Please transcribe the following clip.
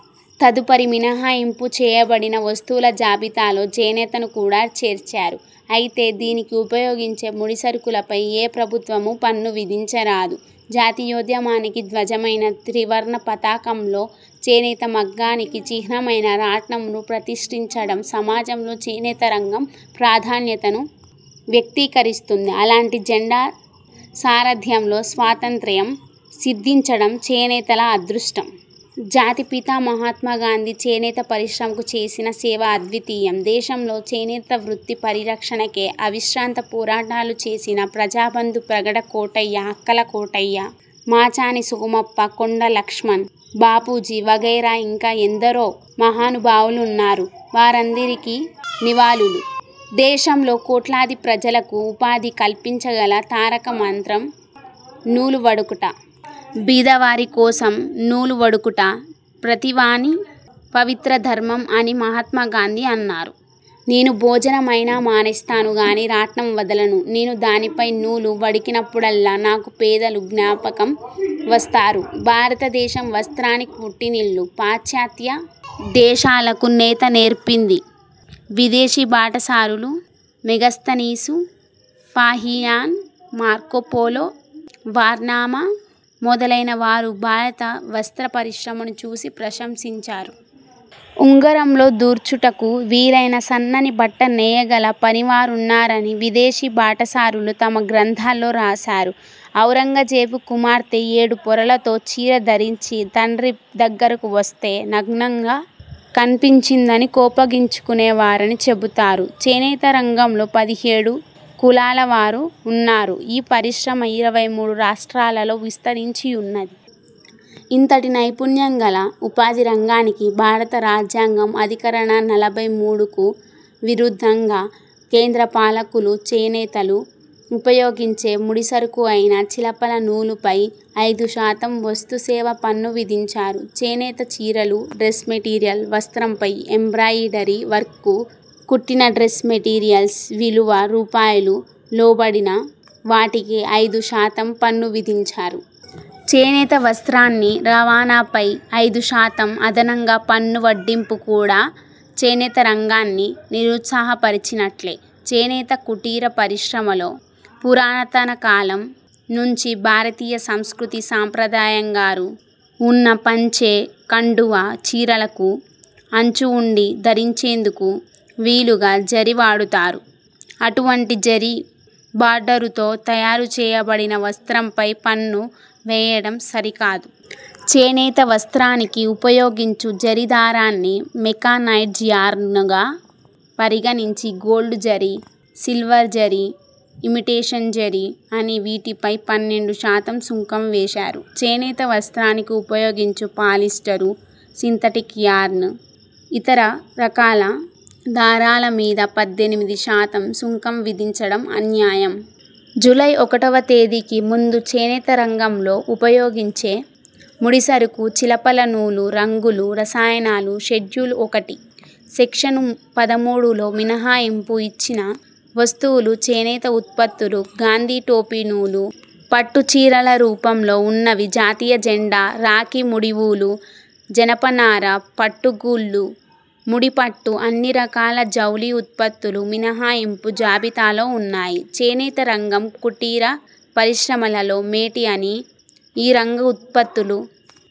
తదుపరి మినహాయింపు చేయబడిన వస్తువుల జాబితాలో చేనేతను కూడా చేర్చారు. అయితే దీనికి ఉపయోగించే ముడిసరుకులపై ఏ ప్రభుత్వమూ పన్ను విధించరాదు. జాతీయోద్యమానికి ధ్వజమైన త్రివర్ణ పతాకంలో చేనేత మగ్గానికి చిహ్నమైన రాట్నం ను ప్రతిష్టించడం సమాజంలో చేనేత రంగం ప్రాధాన్యతను వ్యక్తీకరిస్తుంది. అలాంటి జెండా సారధ్యంలో స్వాతంత్ర్యం సిద్ధించడం చేనేతల అదృష్టం. జాతి పిత మహాత్మాగాంధీ చేనేత పరిశ్రమకు చేసిన సేవ అద్వితీయం. దేశంలో చేనేత వృత్తి పరిరక్షణకై అవిశ్రాంత పోరాటాలు చేసిన ప్రజాబంధు ప్రగడ కోటయ్య, అక్కల కోటయ్య, మాచాని సోమప్ప, కొండా లక్ష్మణ్ బాపూజీ వగైరా ఇంకా ఎందరో మహానుభావులున్నారు. వారందరికి నివాళులు. దేశంలో కోట్లాది ప్రజలకు ఉపాధి కల్పించగల తారక మంత్రం నూలు వడుకుట, బీదవారి కోసం నూలు వడుకుట, ప్రతివాని పవిత్ర ధర్మం అని మహాత్మా గాంధీ అన్నారు. నేను భోజనం అయినా మానేస్తాను గానీ రాట్నం వదలను. నేను దానిపై నూలు వడకినప్పుడల్లా నాకు పేదలు జ్ఞాపకం వస్తారు. భారత దేశం వస్త్రానికి పుట్టినిల్లు. పాశ్చాత్య దేశాలకు నేత నేర్పింది. విదేశీ బాటసారులు మెగస్తనీసు, ఫాహియాన్, మార్కోపోలో, వార్నమా మొదలైన వారు భారత వస్త్ర పరిశ్రమను చూసి ప్రశసించారు. ఉంగరంలో దూర్చుటకు వీలైన సన్నని బట్ట నేయగల పనివారున్నారని విదేశీ బాటసారులు తమ గ్రంథాల్లో రాసారు. ఔరంగజేబు కుమార్తె ఏడు పొరలతో చీరె ధరించి తండ్రి దగ్గరకు వస్తే నగ్నంగా కన్పించిందని కోపగించుకునే వారని చెబుతారు. చేనేత రంగంలో పదిహేడు కులాల వారు వున్నారు. ఈ పరిశ్రమ ఇరవై మూడు రాష్ట్రాలలో విస్తరించి యున్నది. ఇంతటి నైపుణ్యం గల ఉపాధి రంగానికి భారత రాజ్యాంగం అధికరణ నలభై మూడుకు విరుద్ధంగా కేంద్ర పాలకులు చేనేతలు ఉపయోగించే ముడిసరుకు అయిన చిలపల నూలుపై ఐదు శాతం వస్తు సేవా పన్ను విధించారు. చేనేత చీరెలు, డ్రస్ మెటీరియల్, వస్త్రంపై ఎంబ్రాయిడరీ వర్కు, కుట్టిన డ్రస్ మెటీరియల్స్ విలువ రూపాయలు లోబడిన వాటికి ఐదు శాతం పన్ను విధించారు. చేనేత వస్త్రాన్ని రవాణా పై ఐదు శాతం అదనంగా పన్ను వడ్డింపు కూడా చేనేత రంగాన్ని నిరుత్సాహపరిచనట్లే. చేనేత కుటీర పరిశ్రమలో పురాతన కాలం నుంచి భారతీయ సంస్కృతి, సాంప్రదాయంగారు ఉన్న పంచె, కండువా, చీరెలకు అంచు వుండి ధరించేందుకు వీలుగా జరీ వాడుతారు. అటువంటి జరీ బార్డరుతో తయారు చేయబడిన వస్త్రం పై పన్ను వేయడం సరికాదు. చేనేత వస్త్రానికి ఉపయోగించు జరీ దారాన్ని మెకానైజ్డ్ యార్న్ గా పరిగణించి gold zari, silver zari, imitation zari అని వీటిపై పన్నెండు శాతం సుంకం వేశారు. చేనేత వస్త్రానికి ఉపయోగించు పాలిస్టరు, సింథటిక్ యార్న్, ఇతర రకాల దారాల మీద పద్దెనిమిది శాతం సుంకం విధించడం అన్యాయం. జూలై ఒకటివ తేదీకి ముందు చేనేత రంగంలో వుపయోగించే ముడిసరుకు చిలపల నూలు, రంగులు, రసాయనాలు షెడ్యూల్ ఒకటి, సెక్షను పదమూడులో మినహాయింపు ఇచ్చిన వస్తువులుచేనేత ఉత్పత్తులు, గాంధీటోపి నూలు, పట్టు చీరల రూపంలో వున్నవి జాతీయ జెండా, రాఖీ ముడి ఊలు, జనపనార పట్టుగూళ్ళు, ముడిపట్టు అన్ని రకాల జౌళి ఉత్పత్తులు మినహాయింపు జాబితాలో ఉన్నాయి. చేనేత రంగం కుటీర పరిశ్రమలలో మేటి అని, ఈ రంగ ఉత్పత్తులు,